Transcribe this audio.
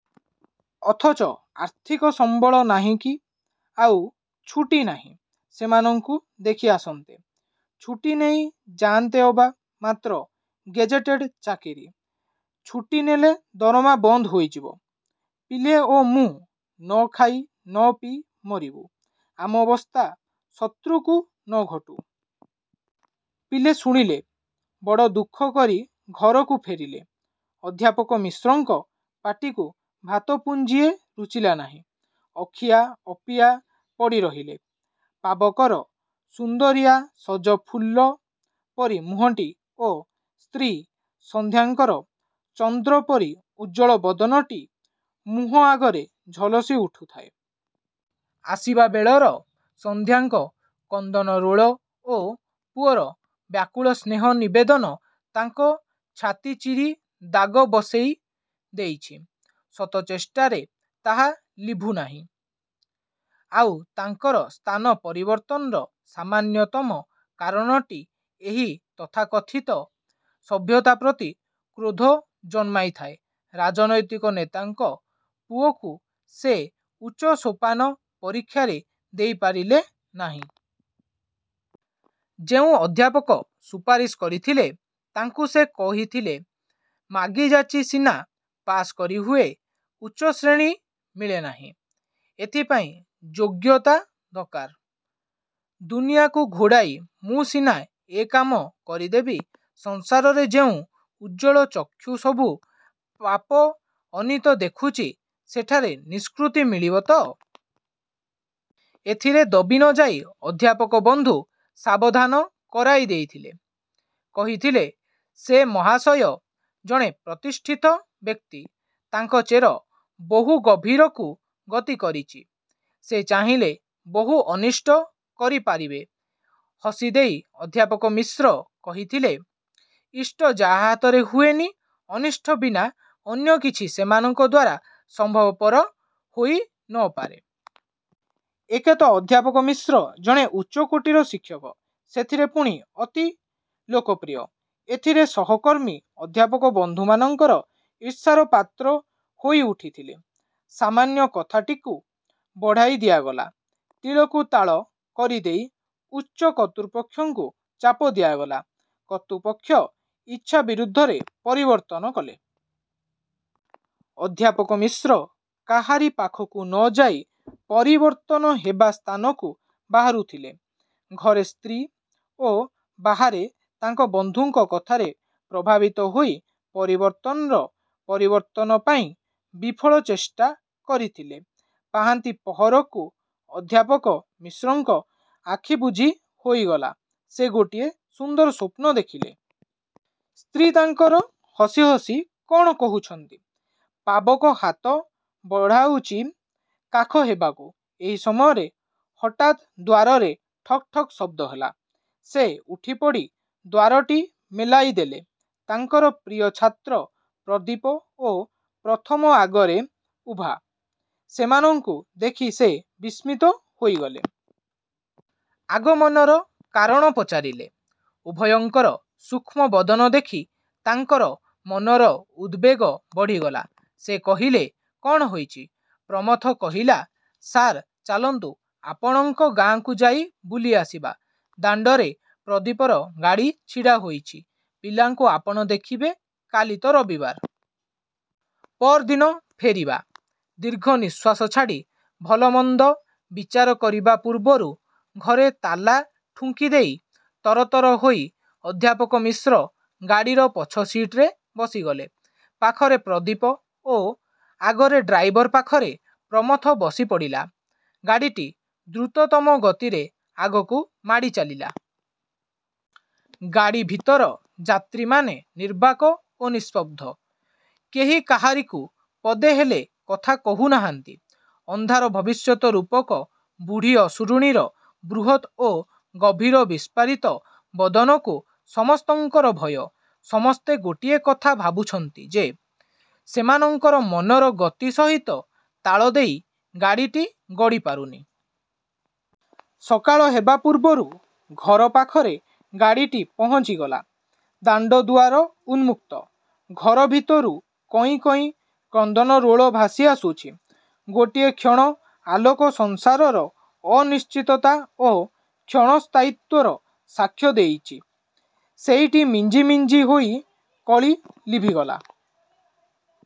ଅଥଚ ଆର୍ଥିକ ସମ୍ବଳ ନାହିଁ କି ଆଉ ଛୁଟୀ ନାହିଁ ସେମାନଙ୍କୁ ଦେଖି ଆସନ୍ତେ। ଛୁଟୀ ନେଇ ଯାଆନ୍ତେ ଅବା, ମାତ୍ର ଗେଜେଟେଡ଼ ଚାକିରୀ। ଛୁଟି ନେଲେ ଦରମା ବନ୍ଦ ହୋଇଯିବ। ପିଲେ ଓ ମୁଁ ନ ଖାଇ ନ ପିଇ ମରିବୁ। ଆମ ଅବସ୍ଥା ଶତ୍ରୁ କୁ ନ ଘଟୁ। ପିଲେ ଶୁଣିଲେ। ବଡ଼ ଦୁଃଖ କରି ଘରକୁ ଫେରିଲେ। ଅଧ୍ୟାପକ ମିଶ୍ରଙ୍କ ପାଟିକୁ ଭାତ ପୁଞ୍ଜିଏ ରୁଚିଲା ନାହିଁ। ଅଖିଆ ଅପିଆ ପଡ଼ି ରହିଲେ। ପାବକର ସୁନ୍ଦରିଆ ସଜ ଫୁଲ ପରି ମୁହଁଟି ଓ ସ୍ତ୍ରୀ ସନ୍ଧ୍ୟାଙ୍କର ଚନ୍ଦ୍ର ପରି ଉଜ୍ଜ୍ୱଳ ବଦନଟି ମୁହଁ ଆଗରେ ଝଲସି ଉଠୁଥାଏ। ଆସିବାବେଳର ସନ୍ଧ୍ୟାଙ୍କ କ୍ରନ୍ଦନ ରୋଳ ଓ ପୁଅର ବ୍ୟାକୁଳ ସ୍ନେହ ନିବେଦନ ତାଙ୍କ ଛାତି ଚିରି ଦାଗ ବସାଇ ଦେଇଚି। ଶତ ଚେଷ୍ଟାରେ ତାହା ନିଭୁନାହିଁ। ଆଉ ତାଙ୍କର ସ୍ଥାନ ପରିବର୍ତ୍ତନର ସାମାନ୍ୟତମ କାରଣଟି ଏହି ତଥାକଥିତ ସଭ୍ୟତା ପ୍ରତି କ୍ରୋଧ ଜନ୍ମାଇଥାଏ। ରାଜନୈତିକ ନେତାଙ୍କ ପୁଅକୁ ସେ ଉଚ୍ଚ ସୋପାନ ପରୀକ୍ଷାରେ ଦେଇପାରିଲେ ନାହିଁ। ଯେଉଁ ଅଧ୍ୟାପକ ସୁପାରିଶ କରିଥିଲେ, ତାଙ୍କୁ ସେ କହିଥିଲେ-ମାଗି ଯାଚି ସିନା ପାଶ୍ କରି ହୁଏ, ଉଚ୍ଚଶ୍ରେଣୀ ମିଳେ ନାହିଁ। ଏଥିପାଇଁ ଯୋଗ୍ୟତା ଦର୍କାର। ଦୁନିଆକୁ ଘୋଡ଼ାଇ ମୁଁ ସିନା ଏ କାମ କରିଦେବି, ସଂସାରରେ ଯେଉଁ ଉଜ୍ଜ୍ୱଳ ଚକ୍ଷୁ ସବୁ ପାପ ଅନୀତି ଦେଖୁଚି, ସେଠାରେ ନିଷ୍କୃତି ମିଳିବ ତ! ଏଥିରେ ଦବି ନ ଯାଇ ଅଧ୍ୟାପକ ବନ୍ଧୁ ସାବଧାନ କରାଇ ଦେଇଥିଲେ। କହିଥିଲେ-ସେ ମହାଶୟ ଜଣେ ପ୍ରତିଷ୍ଠିତ ବ୍ୟକ୍ତି। ତାଙ୍କ ଚେର ବହୁ ଗଭୀରକୁ ଗତି କରିଚି। ସେ ଚାହିଁଲେ ବହୁ ଅନିଷ୍ଟ କରି ପାରିବେ। ହସି ଦେଇ ଅଧ୍ୟାପକ ମିଶ୍ର କହିଥିଲେ-ଇଷ୍ଟ ଯାହା ହାତରେ ହୁଏନି, ଅନିଷ୍ଟ ବିନା ଅନ୍ୟ କିଛି ସେମାନଙ୍କ ଦ୍ୱାରା ସମ୍ଭବପର ହୋଇ ନ ପାରେ। ଏକେ ତ ଅଧ୍ୟାପକ ମିଶ୍ର ଜଣେ ଉଚ୍ଚକୋଟୀର ଶିକ୍ଷକ। ସେଥିରେ ପୁଣି ଅତି ଲୋକପ୍ରିୟ। ଏଥିରେ ସହକର୍ମୀ ଅଧ୍ୟାପକ ବନ୍ଧୁମାନଙ୍କର ଈର୍ଷାର ପାତ୍ର ହୋଇ ଉଠିଥିଲେ। ସାମାନ୍ୟ କଥାଟିକୁ ବଢ଼ାଇ ଦିଆଗଲା। ତିଳକୁ ତାଳ କରିଦେଇ ଉଚ୍ଚ କର୍ତ୍ତୃପକ୍ଷଙ୍କୁ ଚାପ ଦିଆଗଲା-। କର୍ତ୍ତୃପକ୍ଷ ଇଚ୍ଛା ବିରୁଦ୍ଧରେ ପରିବର୍ତ୍ତନ କଲେ। ଅଧ୍ୟାପକ ମିଶ୍ର କାହାରି ପାଖକୁ ନ ଯାଇ ପରିବର୍ତ୍ତନ ହେବା ସ୍ଥାନକୁ ବାହାରୁଥିଲେ। ଘରେ ସ୍ତ୍ରୀ ଓ ବାହାରେ ତାଙ୍କ ବନ୍ଧୁଙ୍କ କଥାରେ ପ୍ରଭାବିତ ହୋଇ ପରିବର୍ତ୍ତନର ପରିବର୍ତ୍ତନ ପାଇଁ ବିଫଳ ଚେଷ୍ଟା କରିଥିଲେ। ପାହାନ୍ତି ପହରକୁ ଅଧ୍ୟାପକ ମିଶ୍ରଙ୍କ ଆଖି ବୁଜି ହୋଇଗଲା। ସେ ଗୋଟିଏ ସୁନ୍ଦର ସ୍ୱପ୍ନ ଦେଖିଲେ। ସ୍ତ୍ରୀ ତାଙ୍କର ହସି ହସି କ'ଣ କହୁଚନ୍ତି। ପାବକ ହାତ ବାଡ଼ଉଚି କାଖ ହବାକୁ। ଏଇ ସମୟରେ ହଠାତ୍ ଦ୍ୱାରରେ ଠକ୍ ଠକ୍ ଶବ୍ଦ ହେଲା। ସେ ଉଠିପଡ଼ି ଦ୍ୱାରଟି ମେଲାଇ ଦେଲେ-। ତାଙ୍କର ପ୍ରିୟ ଛାତ୍ର ପ୍ରଦୀପ ଓ ପ୍ରଥମ ଆଗରେ ଉଭା। ସେମାନଙ୍କୁ ଦେଖି ସେ ବିସ୍ମିତ ହୋଇଗଲେ। ଆଗମନର କାରଣ ପଚାରିଲେ। ଉଭୟଙ୍କର ଶୁଷ୍କ ବଦନ ଦେଖି ତାଙ୍କର ମନର ଉଦବେଗ ବଢ଼ିଗଲା। ସେ କହିଲେ-କଣ ହୋଇଚି? ପ୍ରମଥ କହିଲା-ସାର୍, ଚାଲନ୍ତୁ ଆପଣଙ୍କ ଗାଁକୁ ଯାଇ ବୁଲି ଆସିବା। ଦାଣ୍ଡରେ ପ୍ରଦୀପର ଗାଡ଼ି ଛିଡ଼ା ହୋଇଚି। ପିଲାଙ୍କୁ ଆପଣ ଦେଖିବେ। କାଲି ତ ରବିବାର। ପଅର ଦିନ ଫେରିବା। ଦୀର୍ଘ ନିଶ୍ୱାସ ଛାଡ଼ି ଭଲ ମନ୍ଦ ବିଚାର କରିବା ପୂର୍ବରୁ ଘରେ ତାଲା ଠୁଙ୍କିଦେଇ ତରତର ହୋଇ ଅଧ୍ୟାପକ ମିଶ୍ର ଗାଡ଼ିର ପଛ ସିଟରେ ବସିଗଲେ। ପାଖରେ ପ୍ରଦୀପ ଓ ଆଗରେ ଡ୍ରାଇଭର ପାଖରେ ପ୍ରମଥ ବସି ପଡ଼ିଲା। ଗାଡ଼ିଟି ଦ୍ରୁତତମ ଗତିରେ ଆଗକୁ ମାଡ଼ି ଚାଲିଲା। ଗାଡ଼ି ଭିତର ଯାତ୍ରୀମାନେ ନିର୍ବାକ୍ ଓ ନିସ୍ପନ୍ଦ। କେହି କାହାରିକୁ ପଦେ ହେଲେ କଥା କହୁ ନାହାନ୍ତି। ଅନ୍ଧାର ଭବିଷ୍ୟତ ରୂପକ ବୁଢ଼ୀ ଅସୁରୁଣୀର ବୃହତ୍ ଓ ଗଭୀର ବିସ୍ଫାରିତ ବଦନକୁ ସମସ୍ତଙ୍କର ଭୟ। ସମସ୍ତେ ଗୋଟିଏ କଥା ଭାବୁଚନ୍ତି ଯେ ସେମାନଙ୍କର ମନର ଗତି ସହିତ ତାଳ ଦେଇ ଗାଡ଼ିଟି ଗଡ଼ି ପାରୁନି। ସକାଳ ହେବା ପୂର୍ବରୁ ଘର ପାଖରେ ଗାଡ଼ିଟି ପହଞ୍ଚିଗଲା। ଦାଣ୍ଡ ଦୁଆର ଉନ୍ମୁକ୍ତ। ଘର ଭିତରୁ କଇଁ କଇଁ କ୍ରନ୍ଦନରୋଳ ଭାସି ଆସୁଚି। ଗୋଟିଏ କ୍ଷୀଣ ଆଲୋକ ସଂସାରର ଅନିଶ୍ଚିତତା ଓ କ୍ଷଣ ସ୍ଥାୟିତ୍ୱର ସାକ୍ଷ୍ୟ ଦେଉଚି। ସେଇଟି ମିଞ୍ଜି ମିଞ୍ଜି ହୋଇ କଳି ନିଭିଗଲା।